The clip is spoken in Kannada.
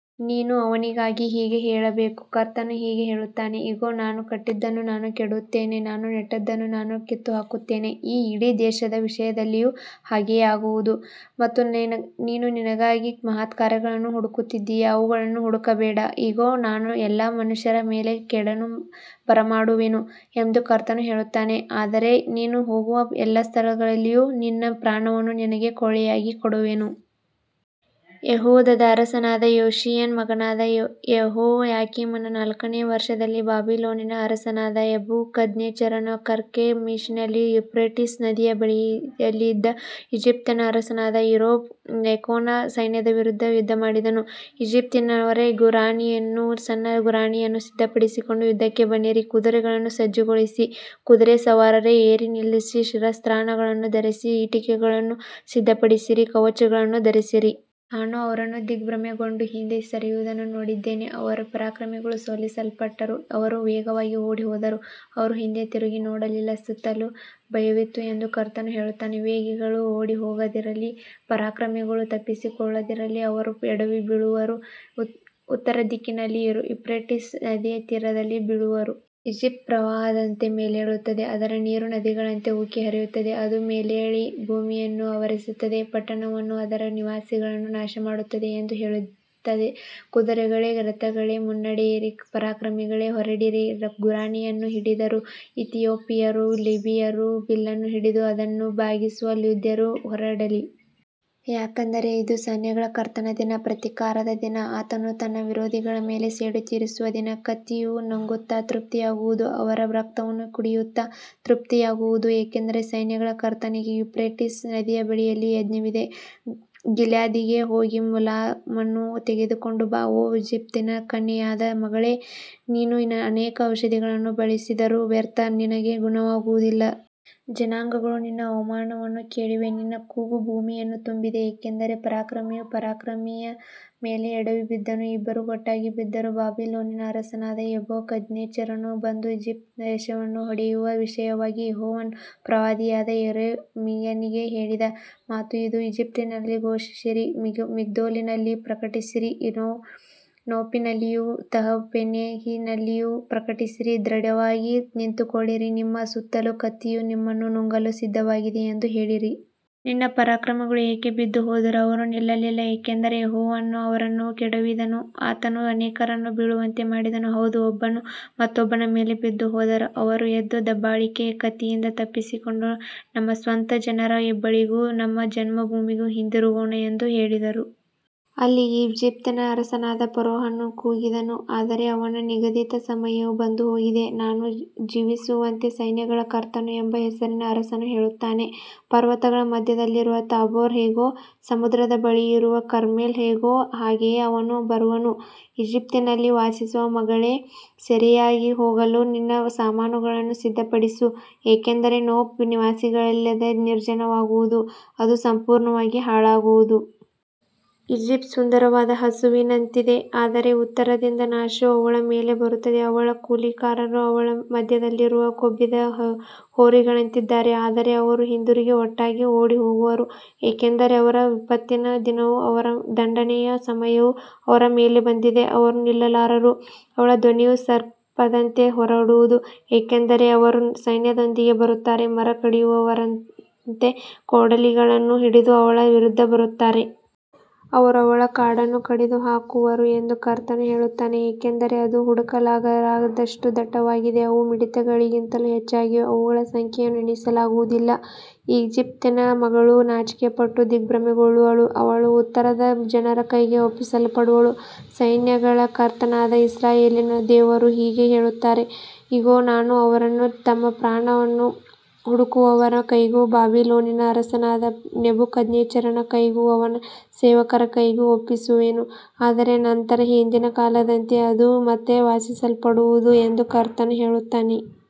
ನೀನು ಅವನಿಗೆ ಹೀಗೆ ಹೇಳಬೇಕು, ಕರ್ತನು ಹೀಗೆ ಹೇಳುತ್ತಾನೆ, ಇಗೋ, ನಾನು ಕಟ್ಟಿದ್ದನ್ನು ನಾನು ಕೆಡವುತ್ತೇನೆ, ನಾನು ನೆಟ್ಟದ್ದನ್ನು ನಾನು ಕಿತ್ತುಹಾಕುತ್ತೇನೆ, ಈ ಇಡೀ ದೇಶದ ವಿಷಯದಲ್ಲಿಯೂ ಹಾಗೆಯೇ ಆಗುವುದು. ಮತ್ತು ನೀನು ನಿನಗಾಗಿ ಮಹತ್ಕಾರ್ಯಗಳನ್ನು ಹುಡುಕುತ್ತಿದ್ದೀಯಾ, ಅವುಗಳನ್ನು ಹುಡುಕಬೇಡ, ಇಗೋ, ನಾನು ಎಲ್ಲಾ ಮನುಷ್ಯರ ಮೇಲೆ ಕೇಡನ್ನು ಬರಮಾಡುವೆನು ಎಂದು ಕರ್ತನು ಹೇಳುತ್ತಾನೆ, ಆದರೆ ನೀನು ಹೋಗುವ ಎಲ್ಲ ಸ್ಥಳಗಳಲ್ಲಿಯೂ ನಿನ್ನ ಪ್ರಾಣವನ್ನು ನಿನಗೆ ಕೊಳ್ಳೆಯಾಗಿ ಕೊಡುವೆನು. ಯೆಹೂದದ ಅರಸನಾದ ಯೋಷೀಯನ ಮಗನಾದ ಯೆಹೋಯಾಕೀಮನ ನಾಲ್ಕನೆಯ ವರ್ಷದಲ್ಲಿ, ಬಾಬಿಲೋನಿನ ಅರಸನಾದ ನೆಬೂಕದ್ನೆಚ್ಚರನು ಕರ್ಕೆಮೀಷಿನಲ್ಲಿ ಯೂಫ್ರೇಟಿಸ್ ನದಿಯ ಬಳಿಯಲ್ಲಿ ಇದ್ದ ಈಜಿಪ್ಟಿನ ಅರಸನಾದ ಫರೋಹ್ ನೆಕೋನ ಸೈನ್ಯದ ವಿರುದ್ಧ ಯುದ್ಧಮಾಡಿದನು. ಈಜಿಪ್ಟಿನವರೇ, ಗುರಾಣಿಯನ್ನೂ ಸಣ್ಣ ಗುರಾಣಿಯನ್ನೂ ಸಿದ್ಧಪಡಿಸಿಕೊಂಡು ಯುದ್ಧಕ್ಕೆ ಬನ್ನಿರಿ. ಕುದುರೆಗಳನ್ನು ಸಜ್ಜುಗೊಳಿಸಿ, ಕುದುರೆಸವಾರರೇ, ಏರಿ ನಿಲ್ಲಿರಿ, ಶಿರಸ್ತ್ರಾಣಗಳನ್ನು ಧರಿಸಿರಿ, ಈಟಿಗಳನ್ನು ಸಿದ್ಧಪಡಿಸಿರಿ, ಕವಚಗಳನ್ನು ಧರಿಸಿರಿ. ನಾನು ಅವರನ್ನು ದಿಗ್ಭ್ರಮೆಗೊಂಡು ಹಿಂದೆ ಸರಿಯುವುದನ್ನು ನೋಡಿದ್ದೇನೆ, ಅವರ ಪರಾಕ್ರಮಿಗಳು ಸೋಲಿಸಲ್ಪಟ್ಟರು, ಅವರು ವೇಗವಾಗಿ ಓಡಿಹೋದರು, ಅವರು ಹಿಂದೆ ತಿರುಗಿ ನೋಡಲಿಲ್ಲ, ಸುತ್ತಲೂ ಭಯವಿತ್ತು ಎಂದು ಕರ್ತನು ಹೇಳುತ್ತಾನೆ. ವೇಗಿಗಳು ಓಡಿಹೋಗದಿರಲಿ, ಪರಾಕ್ರಮಿಗಳು ತಪ್ಪಿಸಿಕೊಳ್ಳದಿರಲಿ, ಅವರು ಎಡವಿ ಬೀಳುವರು, ಉತ್ತರ ದಿಕ್ಕಿನಲ್ಲಿ ಯೂಫ್ರೇಟಿಸ್ ನದಿಯ ತೀರದಲ್ಲಿ ಬೀಳುವರು. ಈಜಿಪ್ಟ್ ಪ್ರವಾಹದಂತೆ ಮೇಲೇಳುತ್ತದೆ, ಅದರ ನೀರು ನದಿಗಳಂತೆ ಉಕ್ಕಿ ಹರಿಯುತ್ತದೆ, ಅದು ಮೇಲೇಳಿ ಭೂಮಿಯನ್ನು ಆವರಿಸುತ್ತದೆ, ಪಟ್ಟಣವನ್ನೂ ಅದರ ನಿವಾಸಿಗಳನ್ನೂ ನಾಶಮಾಡುತ್ತದೆ ಎಂದು ಹೇಳುತ್ತದೆ. ಕುದುರೆಗಳೇ, ರಥಗಳೇ, ಮುನ್ನಡೆಯಿರಿ, ಪರಾಕ್ರಮಿಗಳೇ, ಹೊರಡಿರಿ, ಗುರಾಣಿಯನ್ನು ಹಿಡಿದಿರುವ ಇಥಿಯೋಪಿಯರೂ, ಲಿಬಿಯರೂ, ಬಿಲ್ಲನ್ನು ಹಿಡಿದು ಅದನ್ನು ಬಾಗಿಸುವ ಲೂದ್ಯರೂ ಹೊರಡಲಿ. ಯಾಕಂದರೆ ಇದು ಸೈನ್ಯಗಳ ಕರ್ತನ ದಿನ, ಪ್ರತೀಕಾರದ ದಿನ, ಆತನು ತನ್ನ ವಿರೋಧಿಗಳ ಮೇಲೆ ಸೇಡು ತೀರಿಸುವ ದಿನ. ಕತ್ತಿಯು ನುಂಗುತ್ತಾ ತೃಪ್ತಿಯಾಗುವುದು, ಅವರ ರಕ್ತವನ್ನು ಕುಡಿಯುತ್ತಾ ತೃಪ್ತಿಯಾಗುವುದು, ಏಕೆಂದರೆ ಸೈನ್ಯಗಳ ಕರ್ತನಿಗೆ ಯೂಫ್ರೇಟಿಸ್ ನದಿಯ ಬಳಿಯಲ್ಲಿ ಯಜ್ಞವಿದೆ. ಗಿಲ್ಯಾದಿಗೆ ಹೋಗಿ, ಮುಲಾಮನ್ನು ತೆಗೆದುಕೊಂಡು ಬಾ, ಓ ಈಜಿಪ್ಟಿನ ಕನ್ಯೆಯಾದ ಮಗಳೇ, ನೀನು ಅನೇಕ ಔಷಧಿಗಳನ್ನು ಬಳಸಿದರೂ ವ್ಯರ್ಥ, ನಿನಗೆ ಗುಣವಾಗುವುದಿಲ್ಲ. ಜನಾಂಗಗಳು ನಿನ್ನ ಅವಮಾನವನ್ನು ಕೇಳಿವೆ, ನಿನ್ನ ಕೂಗು ಭೂಮಿಯನ್ನು ತುಂಬಿದೆ, ಏಕೆಂದರೆ ಪರಾಕ್ರಮಿಯು ಪರಾಕ್ರಮಿಯ ಮೇಲೆ ಎಡವಿ ಬಿದ್ದನು, ಇಬ್ಬರೂ ಒಟ್ಟಾಗಿ ಬಿದ್ದರು. ಬಾಬಿಲೋನಿನ ಅರಸನಾದ ನೆಬೂಕದ್ನೆಚ್ಚರನು ಬಂದು ಈಜಿಪ್ಟ್ ದೇಶವನ್ನು ಹೊಡೆಯುವ ವಿಷಯವಾಗಿ ಯೆಹೋವನು ಪ್ರವಾದಿಯಾದ ಯೆರೆಮೀಯನಿಗೆ ಹೇಳಿದ ಮಾತು ಇದು. ಈಜಿಪ್ಟಿನಲ್ಲಿ ಘೋಷಿಸಿರಿ, ಮಿಗ್ದೋಲಿನಲ್ಲಿ ಪ್ರಕಟಿಸಿರಿ, ನೋಫಿನಲ್ಲಿಯೂ ತಹಪನೇಹೆಸಿನಲ್ಲಿಯೂ ಪ್ರಕಟಿಸಿರಿ, ದೃಢವಾಗಿ ನಿಂತುಕೊಳ್ಳಿರಿ, ನಿಮ್ಮ ಸುತ್ತಲೂ ಕತ್ತಿಯು ನಿಮ್ಮನ್ನು ನುಂಗಲು ಸಿದ್ಧವಾಗಿದೆ ಎಂದು ಹೇಳಿರಿ. ನಿನ್ನ ಪರಾಕ್ರಮಿಗಳು ಏಕೆ ಬಿದ್ದುಹೋದರು, ಅವರು ನಿಲ್ಲಲಿಲ್ಲ, ಏಕೆಂದರೆ ಯೆಹೋವನು ಅವರನ್ನು ಕೆಡವಿದನು. ಆತನು ಅನೇಕರನ್ನು ಬೀಳುವಂತೆ ಮಾಡಿದನು, ಹೌದು, ಒಬ್ಬನು ಮತ್ತೊಬ್ಬನ ಮೇಲೆ ಬಿದ್ದುಹೋದನು. ಅವರು, ಎದ್ದು, ದಬ್ಬಾಳಿಕೆಯ ಕತ್ತಿಯಿಂದ ತಪ್ಪಿಸಿಕೊಂಡು ನಮ್ಮ ಸ್ವಂತ ಜನರ ಬಳಿಗೂ ನಮ್ಮ ಜನ್ಮಭೂಮಿಗೂ ಹಿಂದಿರುಗೋಣ ಎಂದು ಹೇಳಿದರು. ಅಲ್ಲಿ ಈಜಿಪ್ಟಿನ ಅರಸನಾದ ಫರೋಹನು ಕೂಗಿದನು, ಆದರೆ ಅವನ ನಿಗದಿತ ಸಮಯವು ಬಂದುಹೋಗಿದೆ. ನಾನು ಜೀವಿಸುವಂತೆ, ಸೈನ್ಯಗಳ ಕರ್ತನು ಎಂಬ ಹೆಸರಿನ ಅರಸನು ಹೇಳುತ್ತಾನೆ, ಪರ್ವತಗಳ ಮಧ್ಯದಲ್ಲಿರುವ ತಾಬೋರ್ ಹೇಗೋ, ಸಮುದ್ರದ ಬಳಿಯಿರುವ ಕರ್ಮೆಲ್ ಹೇಗೋ, ಹಾಗೆಯೇ ಅವನು ಬರುವನು. ಈಜಿಪ್ಟಿನಲ್ಲಿ ವಾಸಿಸುವ ಮಗಳೇ, ಸೆರೆಯಾಗಿ ಹೋಗಲು ನಿನ್ನ ಸಾಮಾನುಗಳನ್ನು ಸಿದ್ಧಪಡಿಸು, ಏಕೆಂದರೆ ನೋಫ್ ನಿವಾಸಿಗಳಿಲ್ಲದೆ ನಿರ್ಜನವಾಗುವುದು, ಅದು ಸಂಪೂರ್ಣವಾಗಿ ಹಾಳಾಗುವುದು. ಈಜಿಪ್ಟ್ ಸುಂದರವಾದ ಹಸುವಿನಂತಿದೆ, ಆದರೆ ಉತ್ತರದಿಂದ ನಾಶವು ಅವಳ ಮೇಲೆ ಬರುತ್ತದೆ. ಅವಳ ಕೂಲಿಕಾರರು ಅವಳ ಮಧ್ಯದಲ್ಲಿರುವ ಕೊಬ್ಬಿದ ಹೋರಿಗಳಂತಿದ್ದಾರೆ, ಆದರೆ ಅವರೂ ಹಿಂದಿರುಗಿ ಒಟ್ಟಾಗಿ ಓಡಿಹೋಗುವರು, ಏಕೆಂದರೆ ಅವರ ವಿಪತ್ತಿನ ದಿನವೂ ಅವರ ದಂಡನೆಯ ಸಮಯವೂ ಅವರ ಮೇಲೆ ಬಂದಿದೆ, ಅವರು ನಿಲ್ಲಲಾರರು. ಅವಳ ಧ್ವನಿಯು ಸರ್ಪದಂತೆ ಹೊರಡುವುದು, ಏಕೆಂದರೆ ಅವರು ಸೈನ್ಯದೊಂದಿಗೆ ಬರುತ್ತಾರೆ, ಮರ ಕಡಿಯುವವರಂತೆ ಕೊಡಲಿಗಳನ್ನು ಹಿಡಿದು ಅವಳ ವಿರುದ್ಧ ಬರುತ್ತಾರೆ. ಅವರು ಅವಳ ಕಾಡನ್ನು ಕಡಿದುಹಾಕುವರು ಎಂದು ಕರ್ತನು ಹೇಳುತ್ತಾನೆ, ಏಕೆಂದರೆ ಅದು ಹುಡುಕಲಾಗದಷ್ಟು ದಟ್ಟವಾಗಿದೆ, ಅವು ಮಿಡತೆಗಳಿಗಿಂತಲೂ ಹೆಚ್ಚಾಗಿವೆ, ಅವುಗಳ ಸಂಖ್ಯೆಯನ್ನು ಎಣಿಸಲಾಗುವುದಿಲ್ಲ. ಈಜಿಪ್ಟಿನ ಮಗಳು ನಾಚಿಕೆಪಟ್ಟು ದಿಗ್ಭ್ರಮೆಗೊಳ್ಳುವಳು, ಅವಳು ಉತ್ತರದ ಜನರ ಕೈಗೆ ಒಪ್ಪಿಸಲ್ಪಡುವಳು. ಸೈನ್ಯಗಳ ಕರ್ತನಾದ ಇಸ್ರಾಯೇಲಿನ ದೇವರು ಹೀಗೆ ಹೇಳುತ್ತಾನೆ, ಇಗೋ, ನಾನು ಅವರನ್ನು ತಮ್ಮ ಪ್ರಾಣವನ್ನು ಹುಡುಕುವವರ ಕೈಗೂ, ಬಾಬಿಲೋನಿನ ಅರಸನಾದ ನೆಬೂಕದ್ನೆಚ್ಚರನ ಕೈಗೂ, ಅವನ ಸೇವಕರ ಕೈಗೂ ಒಪ್ಪಿಸುವೆನು, ಆದರೆ ನಂತರ ಹಿಂದಿನ ಕಾಲದಂತೆ ಅದು ಮತ್ತೆ ವಾಸಿಸಲ್ಪಡುವುದು ಎಂದು ಕರ್ತನು ಹೇಳುತ್ತಾನೆ.